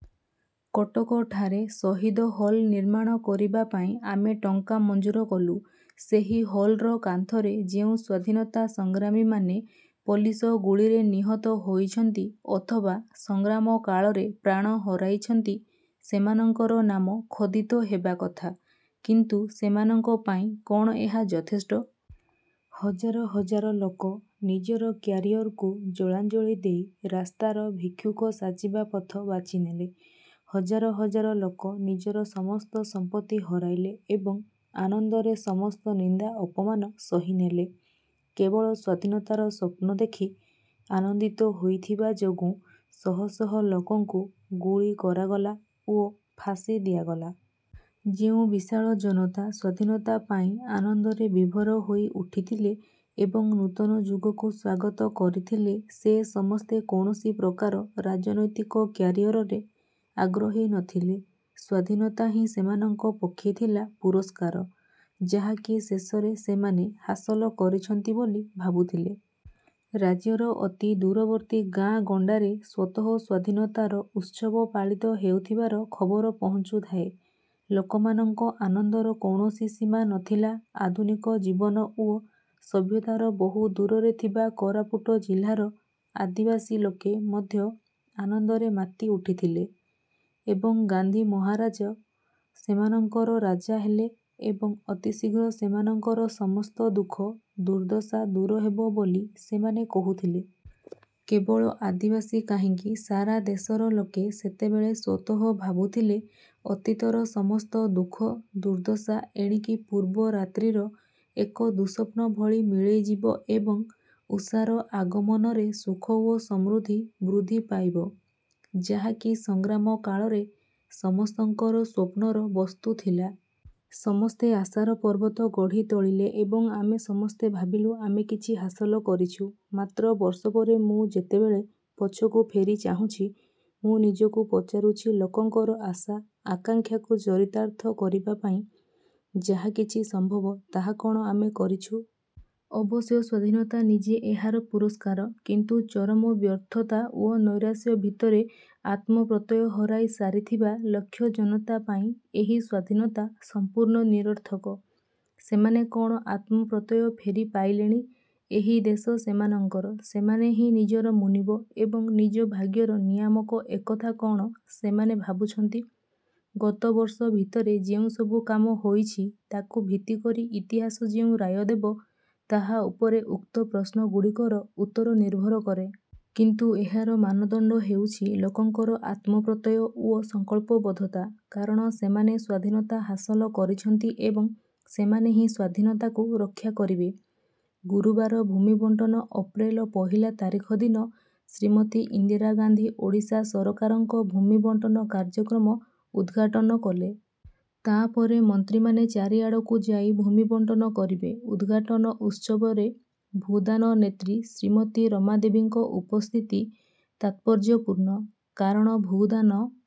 କଟକଠାରେ ଶହୀଦ ହଲ୍ ନିର୍ମାଣ କରିବା ପାଇଁ ଆମେ ଟଙ୍କା ମଞ୍ଜୁର କଲୁ। ସେହି ହଲ୍ର କାନ୍ଥରେ ଯେଉଁ ସ୍ୱାଧୀନତା ସଂଗ୍ରାମୀମାନେ ପୋଲିସ ଗୁଳିରେ ନିହତ ହୋଇଛନ୍ତି; ଅଥବା ସଂଗ୍ରାମ କାଳରେ ପ୍ରାଣ ହରାଇଛନ୍ତି, ସେମାନଙ୍କର ନାମ ଖୋଦିତ ହେବା କଥା; କିନ୍ତୁ ସେମାନଙ୍କ ପାଇଁ କ'ଣ ଏହା ଯଥେଷ୍ଟ? ହଜାର ହଜାର ଲୋକ ନିଜର 'କ୍ୟାରିଅର'କୁ ଜଳାଞ୍ଜଳି ଦେଇ ରାସ୍ତାର ଭିକ୍ଷୁକ ସାଜିବା ପଥ ବାଛିନେଲେ। ହଜାର ହଜାର ଲୋକ ନିଜର ସମସ୍ତ ସମ୍ପତ୍ତି ହରାଇଲେ ଏବଂ ଆନନ୍ଦରେ ସମସ୍ତ ନିନ୍ଦା ଅପମାନ ସହି ନେଲେ। କେବଳ ସ୍ୱାଧୀନତାର ସ୍ୱପ୍ନ ଦେଖି ଆନନ୍ଦିତ ହୋଇଥିବା ଯୋଗୁଁ ଶହ ଶହ ଲୋକଙ୍କୁ ଗୁଳି କରାଗଲା ଓ ଫାଶୀ ଦିଆଗଲା। ଯେଉଁ ବିଶାଳ ଜନତା ସ୍ୱାଧୀନତା ପାଇଁ ଆନନ୍ଦରେ ବିଭୋର ହୋଇ ଉଠିଥିଲେ ଏବଂ ନୂତନ ଯୁଗକୁ ସ୍ୱାଗତ କରିଥିଲେ, ସେ ସମସ୍ତେ କୌଣସି ପ୍ରକାର ରାଜନୈତିକ କ୍ୟାରିଅରରେ ଆଗ୍ରହୀ ନଥିଲେ। ସ୍ୱାଧୀନତା ହିଁ ସେମାନଙ୍କ ପକ୍ଷେ ଥିଲା ପୁରସ୍କାର ଯାହାକି ଶେଷରେ ସେମାନେ ହାସଲ କରିଛନ୍ତି ବୋଲି ଭାବୁଥିଲେ। ରାଜ୍ୟର ଅତି ଦୂରବର୍ତ୍ତୀ ଗାଁ ଗଣ୍ଡାରେ ସ୍ୱତଃ ସ୍ୱାଧୀନତାର ଉତ୍ସବ ପାଳିତ ହେଉଥିବାର ଖବର ପହଞ୍ଚୁଥାଏ। ଲୋକମାନଙ୍କ ଆନନ୍ଦର କୌଣସି ସୀମା ନଥିଲା। ଆଧୁନିକ ଜୀବନ ଓ ସଭ୍ୟତାର ବହୁ ଦୂରରେ ଥିବା କୋରାପୁଟ ଜିଲ୍ଲାର ଆଦିବାସୀ ଲୋକେ ମଧ୍ୟ ଆନନ୍ଦରେ ମାତି ଉଠିଥିଲେ ଏବଂ ଗାନ୍ଧି ମହାରାଜ ସେମାନଙ୍କର ରାଜା ହେଲେ ଏବଂ ଅତି ଶୀଘ୍ର ସେମାନଙ୍କର ସମସ୍ତ ଦୁଃଖ ଦୁର୍ଦ୍ଦଶା ଦୂର ହେବ ବୋଲି ସେମାନେ କହୁଥିଲେ। କେବଳ ଆଦିବାସୀ କାହିଁକି ସାରା ଦେଶର ଲୋକେ ସେତେବେଳେ ସ୍ୱତଃ ଭାବୁଥିଲେ, ଅତୀତର ମସସ୍ତ ଦୁଃଖ ଦୁର୍ଦ୍ଦଶା ଏଣିକି ପୂର୍ବରାତ୍ରିର ଏକ ଦୁଃସ୍ୱପ୍ନ ଭଳି ମିଳେଇଯିବ ଏବଂ ଉଷାର ଆଗମନରେ ସୁଖ ଓ ସମୃଦ୍ଧି ବୃଦ୍ଧି ପାଇବ ଯାହା କି ସଂଗ୍ରାମ କାଳରେ ସମସ୍ତଙ୍କର ସ୍ୱପ୍ନର ବସ୍ତୁ ଥିଲା। ସମସ୍ତେ ଆଶାର ପର୍ବତ ଗଢ଼ି ତୋଳିଲେ ଏବଂ ଆମେ ସମସ୍ତେ ଭାବିଲୁ ଆମେ କିଛି ହାସଲ କରିଛୁ। ମାତ୍ର ବର୍ଷ ପରେ ମୁଁ ଯେତେବେଳେ ପଛକୁ ଫେରି ଚାହୁଁଛି, ମୁଁ ନିଜକୁ ପଚାରୁଛି, ଲୋକଙ୍କର ଆଶା ଆକାଙ୍କ୍ଷାକୁ ଚରିତାର୍ଥ କରିବା ପାଇଁ ଯାହା କିଛି ସମ୍ଭବ ତାହା କ'ଣ ଆମେ କରିଛୁ? ଅବଶ୍ୟ ସ୍ୱାଧୀନତା ନିଜେ ଏହାର ପୁରସ୍କାର; କିନ୍ତୁ ଚରମ ବ୍ୟର୍ଥତା ଓ ନୈରାଶ୍ୟ ଭିତରେ ଆତ୍ମପ୍ରତ୍ୟୟ ହରାଇ ସାରିଥିବା ଲକ୍ଷ ଜନତା ପାଇଁ ଏହି ସ୍ୱାଧୀନତା ସମ୍ପୂର୍ଣ୍ଣ ନିରର୍ଥକ। ସେମାନେ କଣ ଆତ୍ମପ୍ରତ୍ୟୟ ଫେରି ପାଇଲେଣି। ଏହି ଦେଶ ସେମାନଙ୍କର- ସେମାନେ ହିଁ ନିଜର ମୁନିବ ଏବଂ ନିଜ ଭାଗ୍ୟର ନିୟାମକ ଏକଥା କଣ ସେମାନେ ଭାବୁଛନ୍ତି ଗତ ବର୍ଷ ଭିତରେ ଯେଉଁ ସବୁ କାମ ହୋଇଛି ତାକୁ ଭିତ୍ତି କରି ଇତିହାସ ଯେଉଁ ରାୟ ଦେବ ତାହା ଉପରେ ଉକ୍ତ ପ୍ରଶ୍ନ ଗୁଡ଼ିକର ଉତ୍ତର ନିର୍ଭର କରେ। କିନ୍ତୁ ଏହାର ମାନଦଣ୍ଡ ହେଉଛି ଲୋକଙ୍କର ଆତ୍ମପ୍ରତ୍ୟୟ ଓ ସଂକଳ୍ପବଦ୍ଧତା, କାରଣ ସେମାନେ ସ୍ୱାଧୀନତା ହାସଲ କରିଛନ୍ତି ଏବଂ ସେମାନେ ହିଁ ସ୍ୱାଧୀନତାକୁ ରକ୍ଷାକରିବେ। ଗୁରୁବାର ଭୂମି ବଣ୍ଟନ ଅପ୍ରେଲ ପହିଲା ତାରିଖ ଦିନ ଶ୍ରୀମତୀ ଇନ୍ଦିରା ଗାନ୍ଧୀ ଓଡ଼ିଶା ସରକାରଙ୍କ ଭୂମି ବଣ୍ଟନ କାର୍ଯ୍ୟକ୍ରମ ଉଦ୍ଘାଟନ କଲେ। ତା'ପରେ ମନ୍ତ୍ରୀମାନେ ଚାରିଆଡ଼କୁ ଯାଇ ଭୂମି ବଣ୍ଟନ କରିବେ। ଉଦ୍ଘାଟନ ଉତ୍ସବରେ ଭୂଦାନ ନେତ୍ରୀ ଶ୍ରୀମତୀ ରମା ଦେବୀଙ୍କ ଉପସ୍ଥିତି ତାତ୍ପର୍ଯ୍ୟପୂର୍ଣ୍ଣ। କାରଣ ଭୂଦାନ